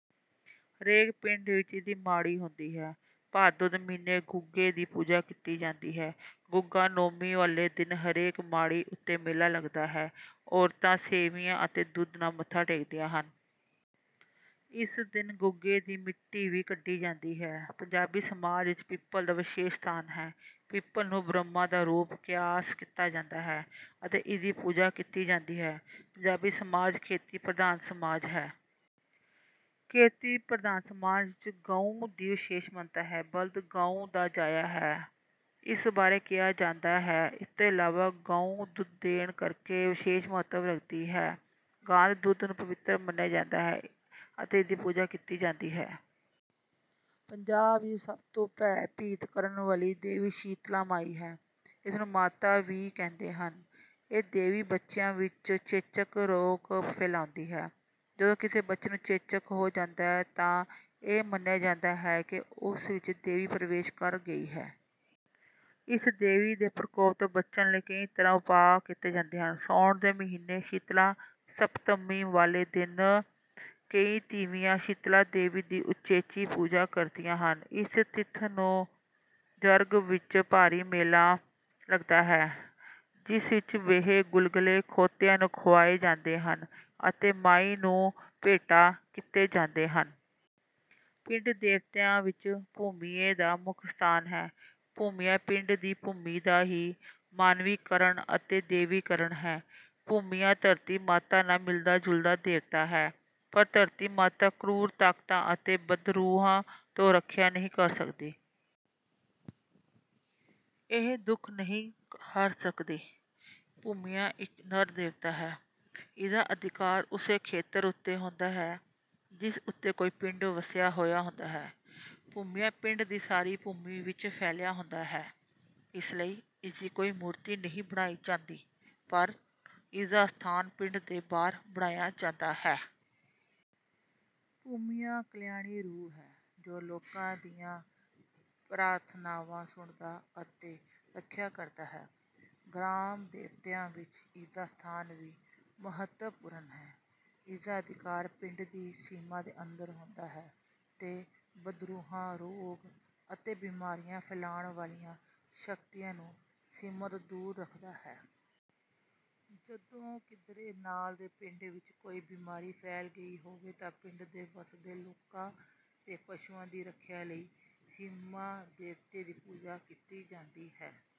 ਹਰੇਕ ਪਿੰਡ ਵਿੱਚ ਇਸਦੀ ਮਾੜੀ ਹੁੰਦੀ ਹੈ। ਭਾਦੋਂ ਦੇ ਮਹੀਨੇ ਗੁੱਗੇ ਦੀ ਪੂਜਾ ਕੀਤੀ ਜਾਂਦੀ ਹੈ। ਗੁੱਗਾ ਨੌਮੀ ਵਾਲੇ ਦਿਨ ਹਰੇਕ ਮਾੜੀ ਉੱਤੇ ਮੇਲਾ ਲੱਗਦਾ ਹੈ। ਔਰਤਾਂ ਸੇਵੀਆਂ ਅਤੇ ਦੁੱਧ ਨਾਲ ਮੱਥਾ ਟੇਕਦੀਆਂ ਹਨ। ਇਸ ਦਿਨ ਗੁੱਗੇ ਦੀ ਮਿੱਟੀ ਵੀ ਕੱਢੀ ਜਾਂਦੀ ਹੈ। ਪੰਜਾਬੀ ਸਮਾਜ ਵਿੱਚ ਪਿੱਪਲ ਦਾ ਵਿਸ਼ੇਸ਼ ਸਥਾਨ ਹੈ। ਪਿੱਪਲ ਨੂੰ ਬ੍ਰਹਮਾ ਦਾ ਰੂਪ ਕਿਆਸ ਕੀਤਾ ਜਾਂਦਾ ਹੈ ਅਤੇ ਇਸਦੀ ਪੂਜਾ ਕੀਤੀ ਜਾਂਦੀ ਹੈ। ਪੰਜਾਬੀ ਸਮਾਜ ਖੇਤੀ-ਪ੍ਰਧਾਨ ਸਮਾਜ ਹੈ। ਖੇਤੀ-ਪ੍ਰਧਾਨ ਸਮਾਜ ਵਿੱਚ ਗਊ ਦੀ ਵਿਸ਼ੇਸ਼ ਮਹੱਤਤਾ ਹੈ। ਬਲਦ ਗਊ ਦਾ ਜਾਇਆ ਹੈ, ਜਿਸ ਬਾਰੇ ਕਿਹਾ ਜਾਂਦਾ ਹੈ। ਇਸ ਤੋਂ ਇਲਾਵਾ ਗਊ ਦੁੱਧ ਦੇਣ ਕਰਕੇ ਵਿਸ਼ੇਸ਼ ਮਹੱਤਵ ਰੱਖਦੀ ਹੈ। ਗਾਂ ਦੇ ਦੁੱਧ ਨੂੰ ਪਵਿੱਤਰ ਮੰਨਿਆ ਜਾਂਦਾ ਹੈ ਅਤੇ ਇਸਦੀ ਪੂਜਾ ਕੀਤੀ ਜਾਂਦੀ ਹੈ। ਪੰਜਾਬ ਵਿੱਚ ਸਭ ਤੋਂ ਭੈ-ਭੀਤ ਕਰਨ ਵਾਲੀ ਦੇਵੀ ਸੀਤਲਾ ਮਾਈ ਹੈ, ਜਿਸ ਨੂੰ ਮਾਤਾ ਵੀ ਕਹਿੰਦੇ ਹਨ। ਇਹ ਦੇਵੀ ਬੱਚਿਆਂ ਵਿੱਚ ਚੇਚਕ ਰੋਗ ਫੈਲਾਉਂਦੀ ਹੈ। ਜਦੋਂ ਕਿਸੇ ਬੱਚੇ ਨੂੰ ਚੇਚਕ ਹੋ ਜਾਂਦਾ ਹੈ ਤਾਂ ਇਹ ਮੰਨਿਆ ਜਾਂਦਾ ਹੈ ਕਿ ਉਸ ਵਿੱਚ ਦੇਵੀ ਪ੍ਰਵੇਸ਼ ਕਰ ਗਈ ਹੈ। ਇਸ ਦੇਵੀ ਦੇ ਪ੍ਰਕੋਪ ਤੋਂ ਬਚਣ ਲਈ ਕਈ ਤਰ੍ਹਾਂ ਦੇ ਉਪਾਅ ਕੀਤੇ ਜਾਂਦੇ ਹਨ। ਸਾਉਣ ਦੇ ਮਹੀਨੇ ਸੀਤਲਾ ਸਪਤਮੀ ਵਾਲੇ ਦਿਨ ਕਈ ਤੀਵੀਆਂ ਸੀਤਲਾ ਦੇਵੀ ਦੀ ਉਚੇਚੀ ਪੂਜਾ ਕਰਦੀਆਂ ਹਨ। ਇਸ ਤਿੱਥ ਨੂੰ ਜਰਗ ਵਿੱਚ ਭਾਰੀ ਮੇਲਾ ਲੱਗਦਾ ਹੈ, ਜਿਸ ਵਿੱਚ ਬੇਹੇ, ਗੁਲਗੁਲੇ ਖੋਤਿਆਂ ਨੂੰ ਖੁਆਏ ਜਾਂਦੇ ਹਨ ਅਤੇ ਮਾਈ ਨੂੰ ਭੇਟਾ ਕੀਤੇ ਜਾਂਦੇ ਹਨ। ਪਿੰਡ ਦੇਵਤਿਆਂ ਵਿੱਚ ਭੂਮੀਏ ਦਾ ਮੁੱਖ ਸਥਾਨ ਹੈ। ਭੂਮੀਆ ਪਿੰਡ ਦੀ ਭੂਮੀ ਦਾ ਹੀ ਮਾਨਵੀਕਰਣ ਅਤੇ ਦੈਵੀਕਰਣ ਹੈ। ਭੂਮੀਆ ਧਰਤੀ ਮਾਤਾ ਨਾਲ ਮਿਲਦਾ-ਜੁਲਦਾ ਦੇਵਤਾ ਹੈ, ਪਰ ਧਰਤੀ ਮਾਤਾ ਕਰੂਰ ਤਾਕਤਾਂ ਅਤੇ ਬਦਰੂਹਾਂ ਤੋਂ ਰਖਿਆ ਨਹੀਂ ਕਰ ਸਕਦੀ। ਇਹ ਦੁੱਖ ਨਹੀਂ ਹਰ ਸਕਦੀ। ਭੂਮੀਆ ਇੱਕ ਨਰ ਦੇਵਤਾ ਹੈ। ਇਸਦਾ ਅਧਿਕਾਰ ਉਸੇ ਖੇਤਰ ਉੱਤੇ ਹੁੰਦਾ ਹੈ, ਜਿਸ ਉੱਤੇ ਕੋਈ ਪਿੰਡ ਵਸਿਆ ਹੋਇਆ ਹੁੰਦਾ ਹੈ। ਭੂਮੀਆ ਪਿੰਡ ਦੀ ਸਾਰੀ ਭੂਮੀ ਵਿੱਚ ਫੈਲਿਆ ਹੁੰਦਾ ਹੈ, ਇਸ ਲਈ ਇਸਦੀ ਕੋਈ ਮੂਰਤੀ ਨਹੀਂ ਬਣਾਈ ਜਾਂਦੀ, ਪਰ ਇਸਦਾ ਅਸਥਾਨ ਪਿੰਡ ਦੇ ਬਾਹਰ ਬਣਾਇਆ ਜਾਂਦਾ ਹੈ। ਭੂਮੀਆ ਕਲਿਆਣੀ ਰੂਹ ਹੈ ਜੋ ਲੋਕਾਂ ਦੀਆਂ ਪ੍ਰਾਰਥਨਾਵਾਂ ਸੁਣਦਾ ਅਤੇ ਰਖਿਆ ਕਰਦਾ ਹੈ। ਗ੍ਰਾਮ-ਦੇਵਤਿਆਂ ਵਿੱਚ ਇਸਦਾ ਸਥਾਨ ਵੀ ਮਹੱਤਵਪੂਰਨ ਹੈ। ਇਸਦਾ ਅਧਿਕਾਰ ਪਿੰਡ ਦੀ ਸੀਮਾ ਦੇ ਅੰਦਰ ਹੁੰਦਾ ਹੈ ਤੇ ਬਦਰੂਹਾਂ, ਰੋਗ, ਅਤੇ ਬਿਮਾਰੀਆਂ ਫੈਲਾਉਣ ਵਾਲੀਆਂ ਸ਼ਕਤੀਆਂ ਨੂੰ ਸੀਮਾ ਤੋਂ ਦੂਰ ਰੱਖਦਾ ਹੈ। ਜਦੋਂ ਕਿਧਰੇ ਨਾਲ ਦੇ ਪਿੰਡ ਵਿੱਚ ਕੋਈ ਬਿਮਾਰੀ ਫੈਲ ਗਈ ਹੋਵੇ ਤਾਂ ਪਿੰਡ ਦੇ ਵਸਦੇ ਲੋਕਾਂ ਤੇ ਪਸ਼ੂਆਂ ਦੀ ਰਖਿਆ ਲਈ ਸੀਮਾ-ਦੇਵਤੇ ਦੀ ਪੂਜਾ ਕੀਤੀ ਜਾਂਦੀ ਹੈ।